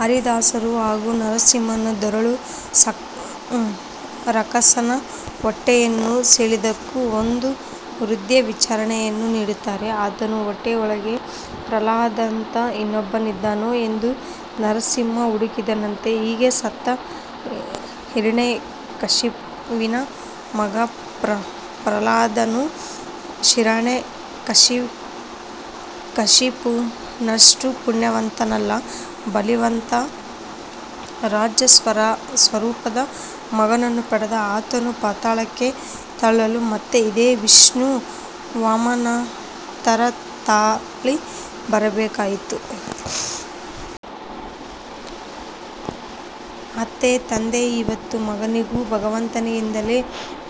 ಹರಿದಾಸರು ಈ ನರಸಿಂಹನು ದುರುಳ ರಕ್ಕಸನ ಹೊಟ್ಟೆಯನ್ನು ಸೀಳಿದ್ದಕ್ಕೂ ಒಂದು ಹೃದ್ಯ ವಿವರಣೆಯನ್ನು ನೀಡುತ್ತಾರೆ: ಆತನ ಹೊಟ್ಟೆಯೊಳಗೆ ಪ್ರಹ್ಲಾದನಂತಹ ಇನ್ನೊಬ್ಬನಿದ್ದಾನೆಯೇ ಎಂದು ನರಸಿಂಹ ಹುಡುಕಿದನಂತೆ. ಹೀಗೆ ಸತ್ತ ಹಿರಣ್ಯಕಶಿಪುವಿನ ಮಗ ಪ್ರಹ್ಲಾದನು ಹಿರಣ್ಯಕಶಿಪುವಿನಷ್ಟು ಪುಣ್ಯವಂತನಲ್ಲ. ಬಲಿಯಂತಹ ರಾಜಸ ಸ್ವರೂಪದ ಮಗನನ್ನು ಪಡೆದ. ಆತನನ್ನು ಪಾತಾಳಕ್ಕೆ ತಳ್ಳಲು ಮತ್ತೆ ಇದೇ ವಿಷ್ಣು ವಾಮನಾವತಾರ ತಾಳಿ ಬರಬೇಕಾಯಿತು. ಅತ್ತ ತಂದೆಯೂ ಇತ್ತ ಮಗನೂ ಭಗವಂತನಿಂದಲೇ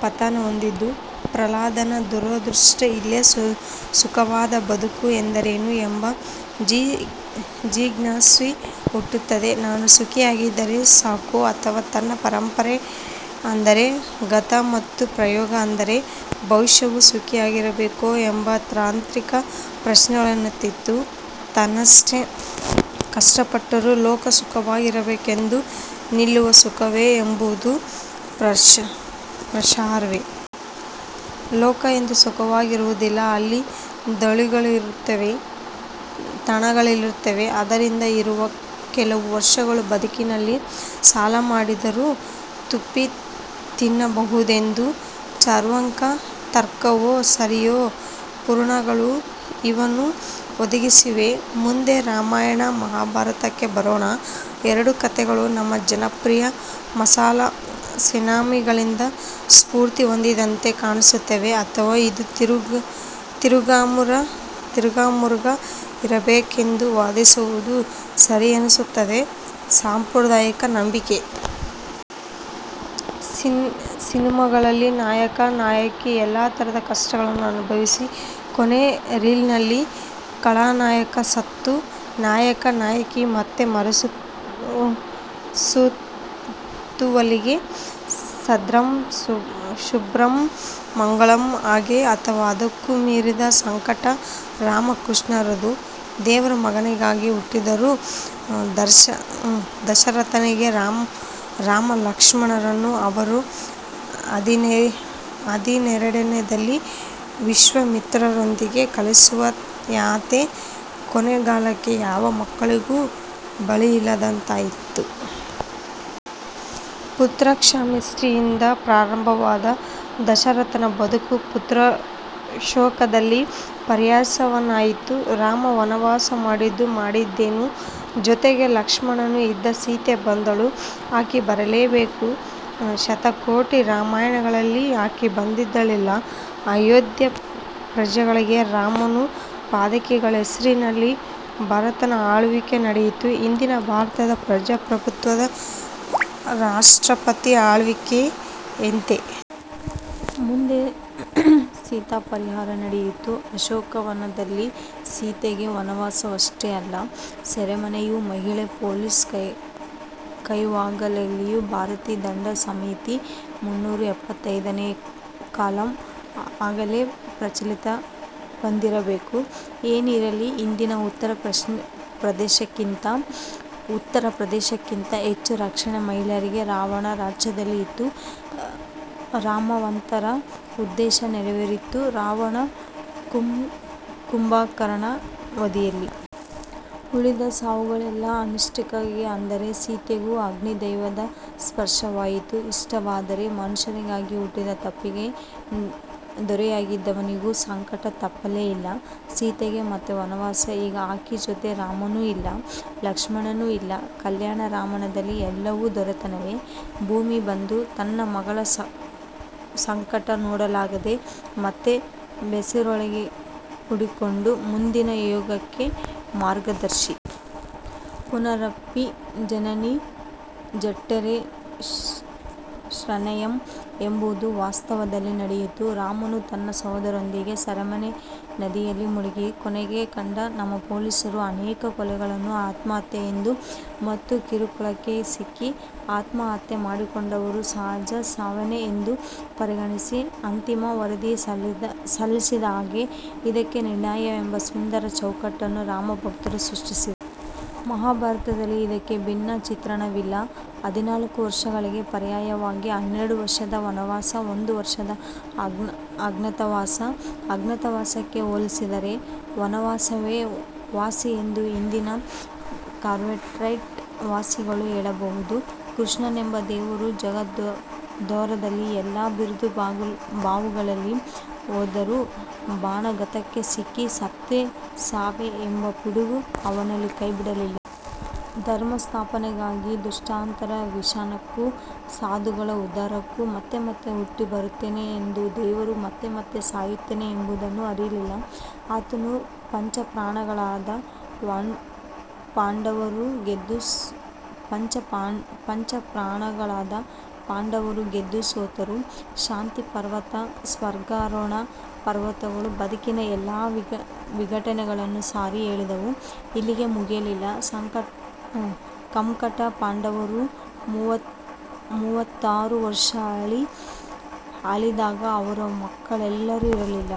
ಪತನಹೊಂದಿದ್ದು ಪ್ರಹ್ಲಾದನ ದುರದೃಷ್ಟ. ಇಲ್ಲೇ ಸುಖವಾದ ಬದುಕು ಎಂದರೇನು ಎಂಬ ಜಿಜ್ಞಾಸೆ ಹುಟ್ಟುತ್ತದೆ. ತಾನು ಸುಖಿಯಾಗಿದ್ದರೆ ಸಾಕೋ, ಅಥವಾ ತನ್ನ ಪರಂಪರೆ ಅಂದರೆ ಗತ, ಮತ್ತು ಪ್ರಯೋಗ ಅಂದರೆ ಭವಿಷ್ಯವೂ ಸುಖಿಯಾಗಿರಬೇಕೋ ಎಂಬ ತಾರ್ಕಿಕ ಪ್ರಶ್ನೆಗಳನ್ನೆತ್ತುತ್ತದೆ. ತಾನೆಷ್ಟೇ ಕಷ್ಟಪಟ್ಟರೂ ಲೋಕ ಸುಖವಾಗಿರಬೇಕೆಂಬ ನಿಲುವೇ ಸುಖವೇ ಎಂಬುದೂ ಪ್ರಶ್ನಾರ್ಹವೇ. ಲೋಕ ಎಂದೂ ಸುಖವಾಗಿರುವುದಿಲ್ಲ. ಅಲ್ಲಿ ದಳ್ಳುರಿಗಳಿರುತ್ತವೆ; ತಲ್ಲಣಗಳಿರುತ್ತವೆ. ಆದ್ದರಿಂದ ಇರುವ ಕೆಲವೇ ವರ್ಷಗಳ ಬದುಕಿನಲ್ಲಿ ಸಾಲಮಾಡಿಯಾದರೂ ತುಪ್ಪತಿನ್ನಬಹುದೆಂಬ ಚಾರ್ವಾಕ ತರ್ಕವೂ ಸರಿಯೇ. ಪುರಾಣಗಳು ಇವನ್ನೂ ಒದಗಿಸಿವೆ. ಮುಂದೆ ರಾಮಾಯಣ-ಮಹಾಭಾರತಕ್ಕೆ ಬರೋಣ. ಎರಡೂ ಕತೆಗಳು ನಮ್ಮ ಜನಪ್ರಿಯ ಮಸಾಲಾ ಸಿನೆಮಾಗಳಿಂದ ಸ್ಫೂರ್ತಿ ಹೊಂದಿದಂತೆ ಕಾಣಿಸುತ್ತವೆ ಅಥವಾ ಇದು ತಿರುಗಾಮುರುಗಾ ಇರಬೇಕೆಂದು ವಾದಿಸುವುದೇ ಸರಿಯೆನ್ನುತ್ತದೆ ಸಾಂಪ್ರದಾಯಿಕ ನಂಬಿಕೆ. ಸಿನೆಮಾಗಳಲ್ಲಿ ನಾಯಕ-ನಾಯಕಿ ಎಲ್ಲ ತರದ ಕಷ್ಟಗಳನ್ನನುಭವಿಸಿ ಕೊನೆಯ ರೀಲಿನಲ್ಲಿ ಖಳನಾಯಕ ಸತ್ತು ನಾಯಕ-ನಾಯಕಿ ಮತ್ತೆ ಮರಸುತ್ತುವಲ್ಲಿಗೆ ಭದ್ರಂ-ಶುಭಂ-ಮಂಗಳಂ! ಹಾಗೆಯೇ ಅಥವಾ ಅದಕ್ಕೂ ಮೀರಿದ ಸಂಕಟ ರಾಮ-ಕೃಷ್ಣರದ್ದು. ದೇವರೇ ಮಗನಾಗಿ ಹುಟ್ಟಿದರೂ ದಶರಥನಿಗೆ ರಾಮಲಕ್ಷ್ಮಣರನ್ನು ಅವರ ಹದಿಹರೆಯದಲ್ಲೇ ವಿಶ್ವಾಮಿತ್ರರೊಂದಿಗೆ ಕಳುಹಿಸುವ ಯಾತನೆ. ಕೊನೆಗಾಲಕ್ಕೆ ಯಾವ ಮಕ್ಕಳೂ ಬಳಿಯಿಲ್ಲದಾಯಿತು. ಪುತ್ರಕಾಮೇಷ್ಟಿಯಿಂದ ಆರಂಭವಾದ ದಶರಥನ ಬದುಕು ಪುತ್ರಶೋಕದಲ್ಲಿ ಪರ್ಯಾವಸಾನವಾಯಿತು. ರಾಮ ವನವಾಸ ಮಾಡಿದ್ದೂ ಮಾಡಿದ್ದೇ. ಜೊತೆಗೆ ಲಕ್ಷ್ಮಣನೂ ಇದ್ದ; ಸೀತೆಯೂ ಬಂದಳು. ಆಕೆ ಬರಲೇಬೇಕು; ಶತಕೋಟಿ ರಾಮಾಯಣಗಳಲ್ಲೆಲ್ಲ ಆಕೆ ಬಂದಿದ್ದಳಲ್ಲ! ಅಯೋಧ್ಯೆಯ ಪ್ರಜೆಗಳಿಗೆ ರಾಮನ ಪಾದುಕೆಗಳ ಹೆಸರಿನಲ್ಲಿ ಭರತನ ಆಳ್ವಿಕೆ ನಡೆಯಿತು-ಇಂದಿನ ಭಾರತದ ಪ್ರಜಾಪ್ರಭುತ್ವದ ರಾಷ್ಟ್ರಪತಿ ಅಳ್ವಿಕೆಯಂತೆ. ಮುಂದೆ ಸೀತಾಪಹಾರ ನಡೆಯಿತು. ಅಶೋಕವನದಲ್ಲೂ ಸೀತೆಗೆ ವನವಾಸವಷ್ಟೇ ಅಲ್ಲ; ಸೆರೆಮನೆಯೂ-ಮಹಿಳಾ ಪೊಲೀಸರ ಕೈಗಾವಲಿನಲ್ಲಿ. ಭಾರತೀಯ ದಂಡ ಸಂಹಿತೆಯ ಮುನ್ನೂರ ಎಪ್ಪತ್ತಾರನೇ ಕಲಮು ಆಗಲೇ ಪ್ರಚಲಿತವಿದ್ದಿರಬೇಕು. ಏನೇ ಇರಲಿ, ಇಂದಿನ ಉತ್ತರಪ್ರದೇಶಕ್ಕಿಂತ ಹೆಚ್ಚು ರಕ್ಷಣೆ ಮಹಿಳೆಯರಿಗೆ ರಾವಣ ರಾಜ್ಯದಲ್ಲೂ ಇತ್ತು! ರಾಮಾವತಾರದ ಉದ್ದೇಶ ನೆರವೇರಿದ್ದು ರಾವಣ-ಕುಂಭಕರ್ಣ ವಧೆಯಲ್ಲಿ. ಉಳಿದ ಸಾವುಗಳೆಲ್ಲ ಅನುಷಂಗಿಕ. ಆದರೆ ಸೀತೆಗೂ ಅಗ್ನಿದಿವ್ಯದ ಸ್ಪರ್ಶವಾಯಿತು. ಇಷ್ಟಾದರೂ ಮನುಷ್ಯನಾಗಿ ಹುಟ್ಟಿದ ತಪ್ಪಿಗೆ ದೊರೆಯಾಗಿದ್ದವನಿಗೂ ಸಂಕಟ ತಪ್ಪಲೇ ಇಲ್ಲ. ಸೀತೆಗೆ ಮತ್ತೆ ವನವಾಸ. ಈಗ ಆಕೆಯ ಜೊತೆ ರಾಮನೂ ಇಲ್ಲ; ಲಕ್ಷ್ಮಣನೂ ಇಲ್ಲ. ಕಲ್ಯಾಣ ರಾಮಾಯಣದಲ್ಲಿ ಎಲ್ಲವೂ ದುರಂತವೇ. ಭೂಮಿಯೇ ಬಂದು ತನ್ನ ಮಗಳ ಸಂಕಟ ನೋಡಲಾಗದೆ ಮತ್ತೆ ಬಸಿರೊಳಗೆಳೆದುಕೊಂಡದ್ದು ಮುಂದಿನ ಯುಗಕ್ಕೆ ಮಾರ್ಗದರ್ಶಿ. 'ಪುನರಪಿ ಜನನೀ ಜಠರೇ ಶಯನಂ' ಎಂಬುದು ವಾಸ್ತವದಲ್ಲಿ ನಡೆಯಿತು. ರಾಮನೂ ತನ್ನ ಸೊದರರೊಂದಿಗೆ ಸರಯೂ ನದಿಯಲ್ಲಿ ಮುಳುಗಿ ಕೊನೆ ಕಂಡ. ನಮ್ಮ ಪೊಲೀಸರು ಅನೇಕ ಕೊಲೆಗಳನ್ನು ಆತ್ಮಹತ್ಯೆಯೆಂದು ಮತ್ತು ಕಿರುಕುಳಕ್ಕೆ ಸಿಕ್ಕಿ ಆತ್ಮಹತ್ಯೆ ಮಾಡಿಕೊಂಡವರನ್ನು ಸಹಜ ಸಾವೆಂದು ಪರಿಗಣಿಸಿ ಅಂತಿಮ ವರದಿ ಸಲ್ಲಿಸಿದ ಹಾಗೆ ಇದಕ್ಕೆ 'ನಿರ್ಯಾಣ'ವೆಂಬ ಸುಂದರ ಚೌಕಟ್ಟನ್ನು ರಾಮಭಕ್ತರು ಸೃಷ್ಟಿಸಿದರು. ಮಹಾಭಾರತದಲ್ಲೂ ಇದಕ್ಕೆ ಭಿನ್ನ ಚಿತ್ರಣವಿಲ್ಲ. ಹದಿನಾಲ್ಕು ವರ್ಷಗಳಿಗೆ ಪರ್ಯಾಯವಾಗಿ ಹನ್ನೆರಡು ವರ್ಷದ ವನವಾಸ, ಒಂದು ವರ್ಷದ ಅಜ್ಞಾತವಾಸ. ಅಜ್ಞಾತವಾಸಕ್ಕೆ ಹೋಲಿಸಿದರೆ ವನವಾಸವೇ ವಾಸಿಯೆಂದು ಇಂದಿನ ಕ್ವಾರಂಟೈನ್ ವಾಸಿಗಳು ಹೇಳಬಹುದು. ಕೃಷ್ಣನೆಂಬ ದೇವರು ಜಗದೋದ್ಧಾರದ ಎಲ್ಲ ಬಿರುದುಬಾವಲಿಗಳನ್ನು ಹೊದ್ದರೂ ಬಾಣಾಘಾತಕ್ಕೆ ಸಿಕ್ಕಿ ಸತ್ತ. ಸಾವೆಂಬ ಪಿಡುಗು ಅವನನ್ನೂ ಕೈಬಿಡಲಿಲ್ಲ. ಧರ್ಮಸಂಸ್ಥಾಪನೆಗಾಗಿ, ದುಷ್ಕೃತರ ವಿನಾಶಕ್ಕೂ ಸಾಧುಗಳ ಉದ್ಧಾರಕ್ಕೂ ಮತ್ತೆಮತ್ತೆ ಹುಟ್ಟಿ ಬರುತ್ತೇನೆಂದ ದೇವರು ಮತ್ತೆಮತ್ತೆ ಸಾಯುತ್ತೇನೆಂಬುದನ್ನು ಅರಿಯಲಿಲ್ಲ. ಆತನ ಪಂಚಪ್ರಾಣಗಳಾದ ಪಾಂಡವರೂ ಗೆದ್ದು ಸೋತರು. ಶಾಂತಿಪರ್ವ, ಸ್ವರ್ಗಾರೊಹಣ ಪರ್ವಗಳು ಬದುಕಿನ ಎಲ್ಲ ವಿಘಟನೆಗಳನ್ನು ಸಾರಿ ಹೇಳಿದವು. ಇಲ್ಲಿಗೇ ಮುಗಿಯಲಿಲ್ಲ ಕಂಟಕ: ಪಾಂಡವರು ಮೂವತ್ತಾರು ವರ್ಷ ಆಳಿ ಅಳಿದಾಗ ಅವರ ಮಕ್ಕಳ್ಯಾರೂ ಇರಲಿಲ್ಲ.